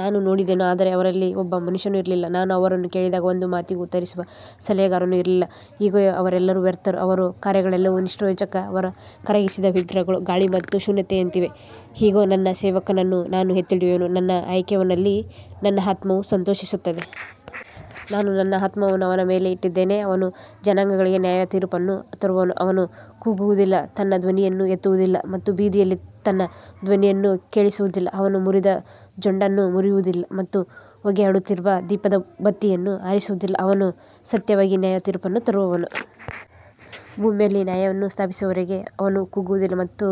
ನಾನು ನೋಡಿದೆನು, ಆದರೆ ಅವರಲ್ಲಿ ಒಬ್ಬ ಮನುಷ್ಯನೂ ಇರಲಿಲ್ಲ. ನಾನು ಅವರನ್ನು ಕೇಳಿದಾಗ ಒಂದು ಮಾತಿಗೂ ಉತ್ತರಿಸುವ ಸಲಹೆಗಾರನೂ ಇರಲಿಲ್ಲ. ಇಗೋ, ಅವರೆಲ್ಲರೂ ವ್ಯರ್ಥರು. ಅವರ ಕಾರ್ಯಗಳೆಲ್ಲವೂ ನಿಷ್ಪ್ರಯೋಜಕ. ಅವರ ಕರಗಿಸಿದ ವಿಗ್ರಹಗಳು ಗಾಳಿ ಮತ್ತು ಶೂನ್ಯತೆಯಂತಿವೆ. ಇಗೋ, ನನ್ನ ಸೇವಕನನ್ನು ನಾನು ಎತ್ತಿಹಿಡಿಯುವೆನು. ನನ್ನ ಆಯ್ಕೆಯವನಲ್ಲಿ ನನ್ನ ಆತ್ಮವು ಸಂತೋಷಿಸುತ್ತದೆ. ನಾನು ನನ್ನ ಆತ್ಮವನ್ನು ಅವನ ಮೇಲೆ ಇಟ್ಟಿದ್ದೇನೆ. ಅವನು ಜನಾಂಗಗಳಿಗೆ ನ್ಯಾಯತೀರ್ಪನ್ನು ತರುವನು. ಅವನು ಕೂಗುವುದಿಲ್ಲ, ತನ್ನ ಧ್ವನಿಯನ್ನು ಎತ್ತುವುದಿಲ್ಲ ಮತ್ತು ಬೀದಿಯಲ್ಲಿ ತನ್ನ ಧ್ವನಿಯನ್ನು ಕೇಳಿಸುವುದಿಲ್ಲ. ಅವನು ಮುರಿದ ಜೊಂಡನ್ನು ಮುರಿಯುವುದಿಲ್ಲ ಮತ್ತು ಹೊಗೆಯಾಡುತ್ತಿರುವ ದೀಪದ ಬತ್ತಿಯನ್ನು ಆರಿಸುವುದಿಲ್ಲ. ಅವನು ಸತ್ಯವಾಗಿ ನ್ಯಾಯತೀರ್ಪನ್ನು ತರುವನು. ಭೂಮಿಯಲ್ಲಿ ನ್ಯಾಯವನ್ನು ಸ್ಥಾಪಿಸುವವರೆಗೆ ಅವನು ಕುಗ್ಗುವುದಿಲ್ಲ ಮತ್ತು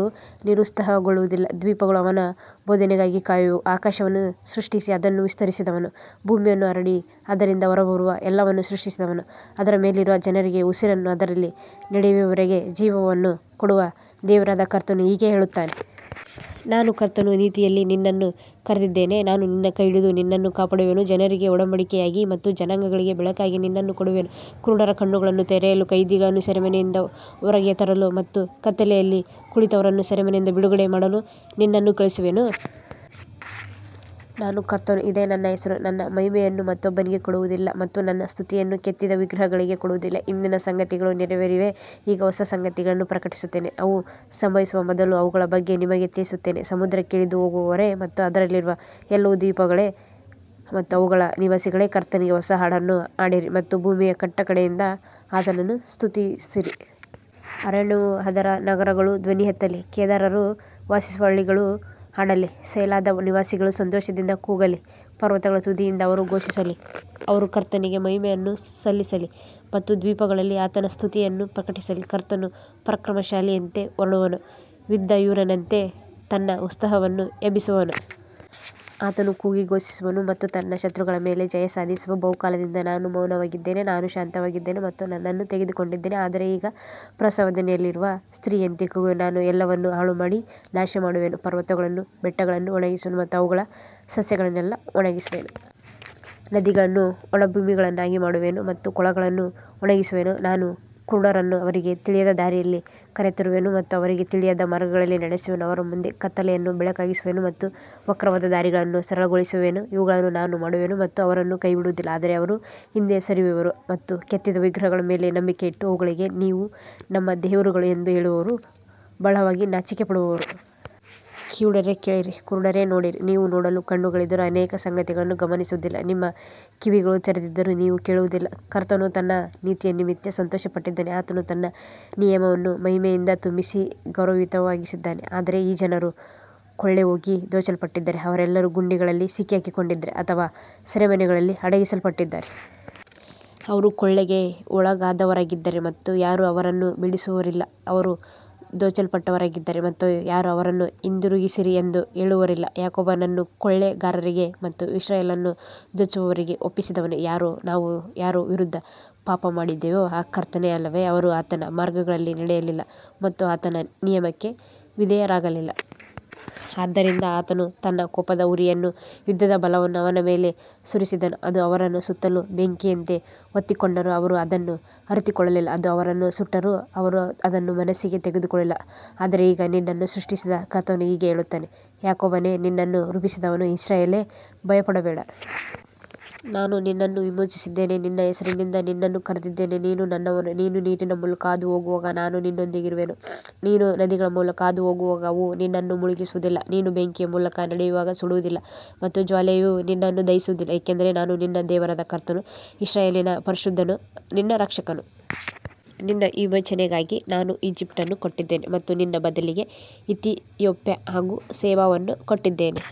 ನಿರುತ್ಸಾಹಗೊಳ್ಳುವುದಿಲ್ಲ. ದ್ವೀಪಗಳು ಅವನ ಬೋಧನೆಗಾಗಿ ಕಾಯುವವು. ಆಕಾಶವನ್ನು ಸೃಷ್ಟಿಸಿ ಅದನ್ನು ವಿಸ್ತರಿಸಿದವನು, ಭೂಮಿಯನ್ನು ಹರಡಿ ಅದರಿಂದ ಹೊರಬರುವ ಎಲ್ಲವನ್ನೂ ಸೃಷ್ಟಿಸಿದವನು, ಅದರ ಮೇಲಿರುವ ಜನರಿಗೆ ಉಸಿರನ್ನೂ ಅದರಲ್ಲಿ ನಡೆಯುವವರಿಗೆ ಜೀವವನ್ನೂ ಕೊಡುವ ದೇವರಾದ ಕರ್ತನು ಹೀಗೆ ಹೇಳುತ್ತಾನೆ. ನಾನು ಕರ್ತನು, ನೀತಿಯಲ್ಲಿ ನಿನ್ನನ್ನು ಕರೆದಿದ್ದೇನೆ. ನಾನು ನಿನ್ನ ಕೈ ಹಿಡಿದು ನಿನ್ನನ್ನು ಕಾಪಾಡುವೆನು. ಜನರಿಗೆ ಒಡಂಬಡಿಕೆಯಾಗಿ ಮತ್ತು ಜನಾಂಗಗಳಿಗೆ ಬೆಳಕಾಗಿ ನಿನ್ನನ್ನು ಕೊಡುವೆನು. ಕುರುಡರ ಕಣ್ಣುಗಳನ್ನು ತೆರೆಯಲು, ಕೈದಿಗಳನ್ನು ಸೆರೆಮನೆಯಿಂದ ಹೊರಗೆ ತರಲು ಮತ್ತು ಕತ್ತಲೆಯಲ್ಲಿ ಕುಳಿತವರನ್ನು ಸೆರೆಮನೆಯಿಂದ ಬಿಡುಗಡೆ ಮಾಡಲು ನಿನ್ನನ್ನು ಕಳುಹಿಸುವೆನು. ನಾನು ಕರ್ತನು, ಇದೇ ನನ್ನ ಹೆಸರು. ನನ್ನ ಮಹಿಮೆಯನ್ನು ಮತ್ತೊಬ್ಬನಿಗೆ ಕೊಡುವುದಿಲ್ಲ ಮತ್ತು ನನ್ನ ಸ್ತುತಿಯನ್ನು ಕೆತ್ತಿದ ವಿಗ್ರಹಗಳಿಗೆ ಕೊಡುವುದಿಲ್ಲ. ಹಿಂದಿನ ಸಂಗತಿಗಳು ನೆರವೇರಿವೆ. ಈಗ ಹೊಸ ಸಂಗತಿಗಳನ್ನು ಪ್ರಕಟಿಸುತ್ತೇನೆ. ಅವು ಸಂಭವಿಸುವ ಮೊದಲು ಅವುಗಳ ಬಗ್ಗೆ ನಿಮಗೆ ತಿಳಿಸುತ್ತೇನೆ. ಸಮುದ್ರಕ್ಕೆ ಇಳಿದು ಹೋಗುವವರೇ ಮತ್ತು ಅದರಲ್ಲಿರುವ ಎಲ್ಲವೂ, ದ್ವೀಪಗಳೇ ಮತ್ತು ಅವುಗಳ ನಿವಾಸಿಗಳೇ, ಕರ್ತನಿಗೆ ಹೊಸ ಹಾಡನ್ನು ಹಾಡಿರಿ ಮತ್ತು ಭೂಮಿಯ ಕಟ್ಟಕಡೆಯಿಂದ ಆತನನ್ನು ಸ್ತುತಿಸಿರಿ. ಅರಣ್ಯವೂ ಅದರ ನಗರಗಳೂ ಧ್ವನಿ ಎತ್ತಲಿ. ಕೇದಾರರು ವಾಸಿಸುವ ಹಳ್ಳಿಗಳೂ ಹಾಡಲಿ. ಸೆಲಾದ ನಿವಾಸಿಗಳು ಸಂತೋಷದಿಂದ ಕೂಗಲಿ. ಪರ್ವತಗಳ ತುದಿಯಿಂದ ಅವರು ಘೋಷಿಸಲಿ. ಅವರು ಕರ್ತನಿಗೆ ಮಹಿಮೆಯನ್ನು ಸಲ್ಲಿಸಲಿ ಮತ್ತು ದ್ವೀಪಗಳಲ್ಲಿ ಆತನ ಸ್ತುತಿಯನ್ನು ಪ್ರಕಟಿಸಲಿ. ಕರ್ತನು ಪರಾಕ್ರಮಶಾಲಿಯಂತೆ ಹೊರಡುವನು. ಯುದ್ಧವೀರನಂತೆ ತನ್ನ ಉತ್ಸಾಹವನ್ನು ಎಬ್ಬಿಸುವನು. ಆತನು ಕೂಗಿ ಘೋಷಿಸುವನು ಮತ್ತು ತನ್ನ ಶತ್ರುಗಳ ಮೇಲೆ ಜಯ ಸಾಧಿಸುವನು. ಬಹುಕಾಲದಿಂದ ನಾನು ಮೌನವಾಗಿದ್ದೇನೆ. ನಾನು ಶಾಂತವಾಗಿದ್ದೇನೆ ಮತ್ತು ನನ್ನನ್ನು ತಡೆದುಕೊಂಡಿದ್ದೇನೆ. ಆದರೆ ಈಗ ಪ್ರಸವವೇದನೆಯಲ್ಲಿರುವ ಸ್ತ್ರೀಯಂತೆ ಕೂಗುವೆನು. ನಾನು ಎಲ್ಲವನ್ನೂ ಹಾಳುಮಾಡಿ ನಾಶಮಾಡುವೆನು. ಪರ್ವತಗಳನ್ನೂ ಬೆಟ್ಟಗಳನ್ನೂ ಒಣಗಿಸುವೆನು ಮತ್ತು ಅವುಗಳ ಸಸ್ಯಗಳನ್ನೆಲ್ಲ ಒಣಗಿಸುವೆನು. ನದಿಗಳನ್ನು ಒಣಭೂಮಿಗಳನ್ನಾಗಿ ಮಾಡುವೆನು ಮತ್ತು ಕೊಳಗಳನ್ನು ಒಣಗಿಸುವೆನು. ನಾನು ಕುರುಡರನ್ನು ಅವರಿಗೆ ತಿಳಿಯದ ದಾರಿಯಲ್ಲಿ ಕರೆತರುವೆನು ಮತ್ತು ಅವರಿಗೆ ತಿಳಿಯದ ಮಾರ್ಗಗಳಲ್ಲಿ ನಡೆಸುವೆನು. ಅವರ ಮುಂದೆ ಕತ್ತಲೆಯನ್ನು ಬೆಳಕಾಗಿಸುವೆನು ಮತ್ತು ವಕ್ರವಾದ ದಾರಿಗಳನ್ನು ಸರಳಗೊಳಿಸುವೆನು. ಇವುಗಳನ್ನು ನಾನು ಮಾಡುವೆನು ಮತ್ತು ಅವರನ್ನು ಕೈಬಿಡುವುದಿಲ್ಲ. ಆದರೆ ಅವರು ಹಿಂದೆ ಸರಿಯುವರು ಮತ್ತು ಕೆತ್ತಿದ ವಿಗ್ರಹಗಳ ಮೇಲೆ ನಂಬಿಕೆ ಇಟ್ಟು ಅವುಗಳಿಗೆ, ನೀವು ನಮ್ಮ ದೇವರುಗಳು ಎಂದು ಹೇಳುವವರು ಬಹಳವಾಗಿ ನಾಚಿಕೆಪಡುವರು. ಕಿವುಡರೇ, ಕೇಳಿರಿ. ಕುರುಡರೇ, ನೋಡಿರಿ. ನೀವು ನೋಡಲು ಕಣ್ಣುಗಳಿದ್ದರೂ ಅನೇಕ ಸಂಗತಿಗಳನ್ನು ಗಮನಿಸುವುದಿಲ್ಲ. ನಿಮ್ಮ ಕಿವಿಗಳು ತೆರೆದಿದ್ದರೂ ನೀವು ಕೇಳುವುದಿಲ್ಲ. ಕರ್ತನು ತನ್ನ ನೀತಿಯ ನಿಮಿತ್ತ ಸಂತೋಷಪಟ್ಟಿದ್ದಾನೆ. ಆತನು ತನ್ನ ನಿಯಮವನ್ನು ಮಹಿಮೆಯಿಂದ ತುಂಬಿಸಿ ಗೌರವಯುತವಾಗಿಸಿದ್ದಾನೆ. ಆದರೆ ಈ ಜನರು ಕೊಳ್ಳೆಹೋಗಿ ದೋಚಲ್ಪಟ್ಟಿದ್ದಾರೆ. ಅವರೆಲ್ಲರೂ ಗುಂಡಿಗಳಲ್ಲಿ ಸಿಕ್ಕಿಹಾಕಿಕೊಂಡಿದ್ದಾರೆ ಅಥವಾ ಸೆರೆಮನೆಗಳಲ್ಲಿ ಅಡಗಿಸಲ್ಪಟ್ಟಿದ್ದಾರೆ. ಅವರು ಕೊಳ್ಳೆಗೆ ಒಳಗಾದವರಾಗಿದ್ದಾರೆ ಮತ್ತು ಯಾರೂ ಅವರನ್ನು ಬಿಡಿಸುವವರಿಲ್ಲ. ಅವರು ದೋಚಲ್ಪಟ್ಟವರಾಗಿದ್ದಾರೆ ಮತ್ತು ಯಾರೂ, ಅವರನ್ನು ಹಿಂದಿರುಗಿಸಿರಿ ಎಂದು ಹೇಳುವವರಿಲ್ಲ. ಯಾಕೋಬನನ್ನು ಕೊಳ್ಳೆಗಾರರಿಗೆ ಮತ್ತು ಇಸ್ರಾಯೇಲನ್ನು ದೋಚುವವರಿಗೆ ಒಪ್ಪಿಸಿದವನು ಯಾರು? ನಾವು ಯಾರ ವಿರುದ್ಧ ಪಾಪಮಾಡಿದ್ದೇವೋ ಆ ಕರ್ತನೇ ಅಲ್ಲವೇ? ಅವರು ಆತನ ಮಾರ್ಗಗಳಲ್ಲಿ ನಡೆಯಲಿಲ್ಲ ಮತ್ತು ಆತನ ನಿಯಮಕ್ಕೆ ವಿಧೇಯರಾಗಲಿಲ್ಲ. ಆದ್ದರಿಂದ ಆತನು ತನ್ನ ಕೋಪದ ಉರಿಯನ್ನೂ ಯುದ್ಧದ ಬಲವನ್ನೂ ಅವರ ಮೇಲೆ ಸುರಿಸಿದನು. ಅದು ಅವರನ್ನು ಸುತ್ತಲೂ ಬೆಂಕಿಯಂತೆ ಹೊತ್ತಿಕೊಂಡರೂ ಅವರು ಅದನ್ನು ಅರಿತುಕೊಳ್ಳಲಿಲ್ಲ. ಅದು ಅವರನ್ನು ಸುಟ್ಟರೂ ಅವರು ಅದನ್ನು ಮನಸ್ಸಿಗೆ ತೆಗೆದುಕೊಳ್ಳಲಿಲ್ಲ. ಆದರೆ ಈಗ ನಿನ್ನನ್ನು ಸೃಷ್ಟಿಸಿದ ಕರ್ತನು ಹೀಗೆ ಹೇಳುತ್ತಾನೆ, ಯಾಕೋಬನೇ, ನಿನ್ನನ್ನು ರೂಪಿಸಿದವನು ಇಸ್ರಾಯೇಲೇ, ಭಯಪಡಬೇಡ. ನಾನು ನಿನ್ನನ್ನು ವಿಮೋಚಿಸಿದ್ದೇನೆ. ನಿನ್ನ ಹೆಸರಿನಿಂದ ನಿನ್ನನ್ನು ಕರೆದಿದ್ದೇನೆ. ನೀನು ನನ್ನವನು. ನೀನು ನೀರಿನ ಮೂಲಕ ಹಾದುಹೋಗುವಾಗ ನಾನು ನಿನ್ನೊಂದಿಗಿರುವೆನು. ನೀನು ನದಿಗಳ ಮೂಲಕ ಹಾದುಹೋಗುವಾಗ ಅವು ನಿನ್ನನ್ನು ಮುಳುಗಿಸುವುದಿಲ್ಲ. ನೀನು ಬೆಂಕಿಯ ಮೂಲಕ ನಡೆಯುವಾಗ ಸುಡುವುದಿಲ್ಲ ಮತ್ತು ಜ್ವಾಲೆಯು ನಿನ್ನನ್ನು ದಹಿಸುವುದಿಲ್ಲ. ಏಕೆಂದರೆ ನಾನು ನಿನ್ನ ದೇವರಾದ ಕರ್ತನು, ಇಸ್ರಾಯೇಲಿನ ಪರಿಶುದ್ಧನು, ನಿನ್ನ ರಕ್ಷಕನು. ನಿನ್ನ ವಿಮೋಚನೆಗಾಗಿ ನಾನು ಈಜಿಪ್ಟನ್ನು ಕೊಟ್ಟಿದ್ದೇನೆ ಮತ್ತು ನಿನ್ನ ಬದಲಿಗೆ ಇಥಿಯೋಪ್ಯಾ ಹಾಗೂ ಸೆಬಾವನ್ನು ಕೊಟ್ಟಿದ್ದೇನೆ.